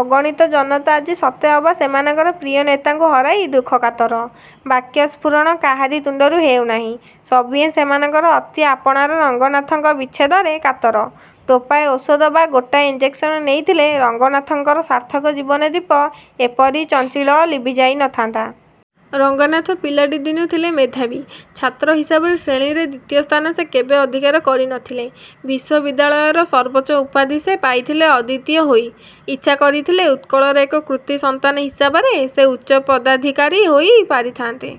ଅଗଣିତ ଜନତା ଆଜି ସତେ ଅବା ସେମାନଙ୍କର ପ୍ରିୟ ନେତାଙ୍କୁ ହରାଇ ଦୁଃଖକାତର। ବାକ୍ୟ ସ୍ଫୁରଣ କାହାରି ତୁଣ୍ତରୁ ହେଉନାହିଁ। ସଭିଏଁ ସେମାନଙ୍କର ଅତି ଆପଣାର ରଙ୍ଗନାଥଙ୍କ ବିଚ୍ଛେଦରେ କାତର। ଟୋପାଏ ଔଷଧ ବା ଗୋଟାଏ ଇଞ୍ଜେକ୍ସନ ନେଇଥିଲେ ରଙ୍ଗନାଥଙ୍କର ସାର୍ଥକ ଜୀବନ-ଦୀପ ଏପରି ଚଞ୍ଚିଳ ଲିଭିଯାଇ ନ ଥାନ୍ତା। ରଙ୍ଗନାଥ ପିଲାଟି ଦିନୁ ଥିଲେ ମେଧାବୀ। ଛାତ୍ର ହିସାବରେ ଶ୍ରେଣୀରେ ଦ୍ୱିତୀୟ ସ୍ଥାନ ସେ କେବେ ଅଧିକାର କରି ନ ଥିଲେ। ବିଶ୍ୱବିଦ୍ୟାଳୟର ସର୍ବୋଚ୍ଚ ଉପାଧି ସେ ପାଇଥିଲେ ଅଦ୍ୱିତୀୟ ହୋଇ। ଇଚ୍ଛା କରିଥିଲେ ଉତ୍କଳର ଏକ କୃତି ସନ୍ତାନ ହିସାବରେ ସେ ଉଚ୍ଚ ପଦାଧିକାରୀ ହୋଇ ପାରିଥାନ୍ତେ।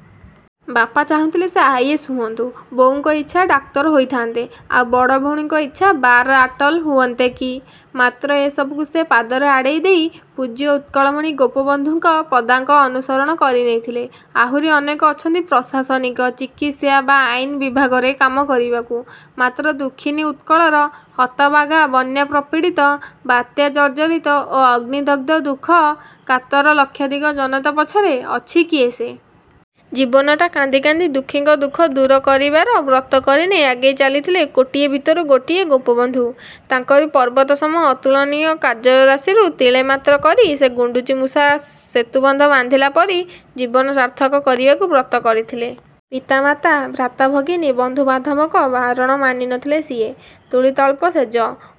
ବାପା ଚାହୁଁଥିଲେ ସେ ଆଇ. ଏ. ଏସ୍. ହୁଅନ୍ତୁ, ବୋଉଙ୍କ ଇଚ୍ଛା ଡାକ୍ତର ହୋଇଥାଆନ୍ତେ। ଆଉ ବଡ଼ ଭଉଣୀଙ୍କର ଇଚ୍ଛା ବାର-ଆଟ-ଲ ହୁଏନ୍ତେ କି! ମାତ୍ର ଏ ସବୁକୁ ସେ ପାଦରେ ଆଡ଼େଇ ଦେଇ ପୂଜ୍ୟ ଉତ୍କଳମଣି ଗୋପବନ୍ଧୁଙ୍କ ପଦାଙ୍କ ଅନୁସରଣ କରି ନେଇଥିଲେ। ଆହୁରି ଅନେକ ଅଛନ୍ତି ପ୍ରଶାସନିକ, ଚିକିତ୍ସା ବା ଆଇନ ବିଭାଗରେ କାମ କରିବାକୁ; ମାତ୍ର ଦୁଃଖୀନି ଉତ୍କଳର ହତଭାଗା ବନ୍ୟାପ୍ରପୀଡ଼ିତ, ବାତ୍ୟାଜର୍ଜରିତ ଓ ଅଗ୍ନିଦଗ୍ଧ ଦୁଃଖ କାତର ଲକ୍ଷାଧିକ ଜନତା ପଛରେ ଅଛି କିଏ ସେ? ଜୀବନଟା କାନ୍ଦି କାନ୍ଦି ଦୁଃଖୀଙ୍କ ଦୁଃଖ ଦୂର କରିବାର ବ୍ରତ କରିନେଇ ଆଗେଇ ଚାଲିଥିଲେ କୋଟିଏ ଭିତରୁ ଗୋଟିଏ, ଗୋପବନ୍ଧୁ। ତାଙ୍କରି ପର୍ବତସମ ଅତୁଳନୀୟ କାର୍ଯ୍ୟରାଶିରୁ ତିଳେ ମାତ୍ର କରି, ସେ ଗୁଣ୍ତିଚି ମୂଷା ସେତୁବନ୍ଧ ବାନ୍ଧିଲା ପରି ଜୀବନ ସାର୍ଥକ କରିବାକୁ ବ୍ରତ କରିଥିଲେ। ପିତା ମାତା, ଭ୍ରାତା ଭଗିନୀ, ବନ୍ଧୁ ବାନ୍ଧବଙ୍କ ବାରଣ ମାନି ନ ଥିଲେ ସିଏ। ତୁଳିତଳ୍ପ ଶେଯ,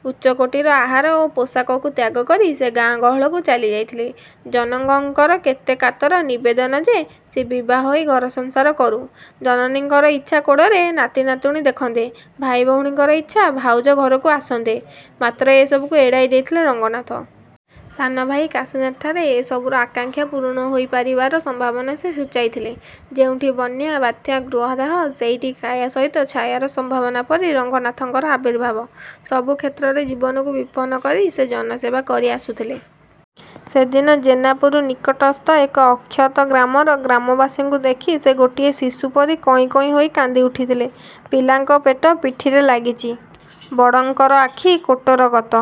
ଉଚ୍ଚକୋଟୀର ଆହାର ଓ ପୋଷାକକୁ ତ୍ୟାଗ କରି ସେ ଗାଁ ଗହଳକୁ ଚାଲିଯାଇଥିଲେ। ଜନକଙ୍କର କେତେ କାତର ନିବେଦନ ଯେ, ସେ ବିଭାହୋଇ ଘରସଂସାର କରୁ, ଜନନୀଙ୍କର ଇଚ୍ଛା କୋଡ଼ରେ ନାତି ନାତୁଣୀ ଦେଖନ୍ତେ, ଭାଇ ଭଉଣୀଙ୍କର ଇଚ୍ଛା ଭାଉଜ ଘରକୁ ଆସନ୍ତେ; ମାତ୍ର ଏ ସବୁକୁ ଏଡ଼ାଇ ଦେଇଥିଲେ ରଙ୍ଗନାଥ। ସାନ ଭାଇ କାଶୀନାଥଠାରେ ଏ ସବୁର ଆକାଙ୍କ୍ଷା ପୂରଣ ହୋଇ ପାରିବାର ସମ୍ଭାବନା ସେ ସୂଚାଇଥିଲେ। ଯେଉଁଠି ବନ୍ୟା, ବାତ୍ୟା, ଗୃହଦାହ; ସେଇଠି କାୟା ସହିତ ଛାୟାର ସମ୍ଭାବନା ପରି ରଙ୍ଗନାଥଙ୍କର ଆବିର୍ଭାବ। ସବୁ କ୍ଷେତ୍ରରେ ଜୀବନକୁ ବିପନ୍ନ କରି ସେ ଜନସେବା କରି ଆସୁଥିଲେ-। ସେ ଦିନ ଜେନାପୁର ନିକଟସ୍ଥ ଏକ ଅଖ୍ୟାତ ଗ୍ରାମର ଗ୍ରାମବାସୀଙ୍କୁ ଦେଖି ସେ ଗୋଟିଏ ଶିଶୁ ପରି କଇଁ କଇଁ ହୋଇ କାନ୍ଦିଉଠିଥିଲେ। ପିଲାଙ୍କ ପେଟ ପିଠିରେ ଲାଗିଚି, ବଡ଼ଙ୍କର ଆଖି କୋଟରଗତ,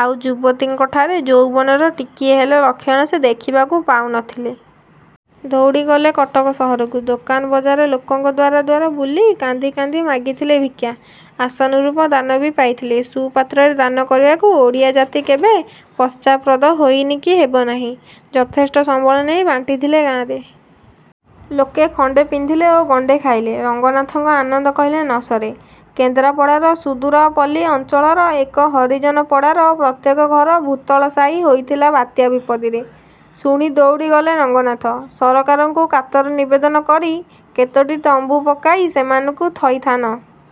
ଆଉ ଯୁବତୀଙ୍କଠାରେ ଯୌବନର ଟିକିଏ ହେଲେ ଲକ୍ଷଣ ସେ ଦେଖିବାକୁ ପାଉ ନ ଥିଲେ। ଦଉଡ଼ି ଗଲେ କଟକ ସହରକୁ। ଦୋକାନ, ବଜାର, ଲୋକଙ୍କ ଦ୍ୱାରା ଦ୍ୱାର ବୁଲି କାନ୍ଦି କାନ୍ଦି ମାଗିଥିଲେ ଭିକ୍ଷା। ଆଶାନୁରୂପ ଦାନ ବି ପାଇଥିଲେ। ସୁ-ପାତ୍ରରେ ଦାନ କରିବାକୁ ଓଡ଼ିଆ ଜାତି କେବେ ପଶ୍ଚାତ୍ପଦ ହୋଇନି କି ହେବ ନାହିଁ। ଯଥେଷ୍ଟ ସମ୍ବଳ ନେଇ ବାଣ୍ଟିଥିଲେ ଗାଁରେ-। ଲୋକେ ଖଣ୍ତେ ପିନ୍ଧିଲେ ଓ ଗଣ୍ତେ ଖାଇଲେ, ରଙ୍ଗନାଥଙ୍କ ଆନନ୍ଦ କହିଲେ ନ ସରେ। କେନ୍ଦ୍ରାପଡ଼ାର ସୁଦୂର ପଲ୍ଲୀ ଅଞ୍ଚଳର ଏକ ହରିଜନପଡ଼ାର ପ୍ରତ୍ୟେକ ଘର ଭୂତଳଶାୟୀ ହୋଇଥିଲା ବାତ୍ୟା ବିପତ୍ତିରେ। ଶୁଣି ଦଉଡ଼ି ଗଲେ ରଙ୍ଗନାଥ। ସରକାରଙ୍କୁ କାତର ନିବେଦନ କରି କେତୋଟି ତମ୍ବୁ ପକାଇ ସେମାନଙ୍କୁ ଥଇଥାନ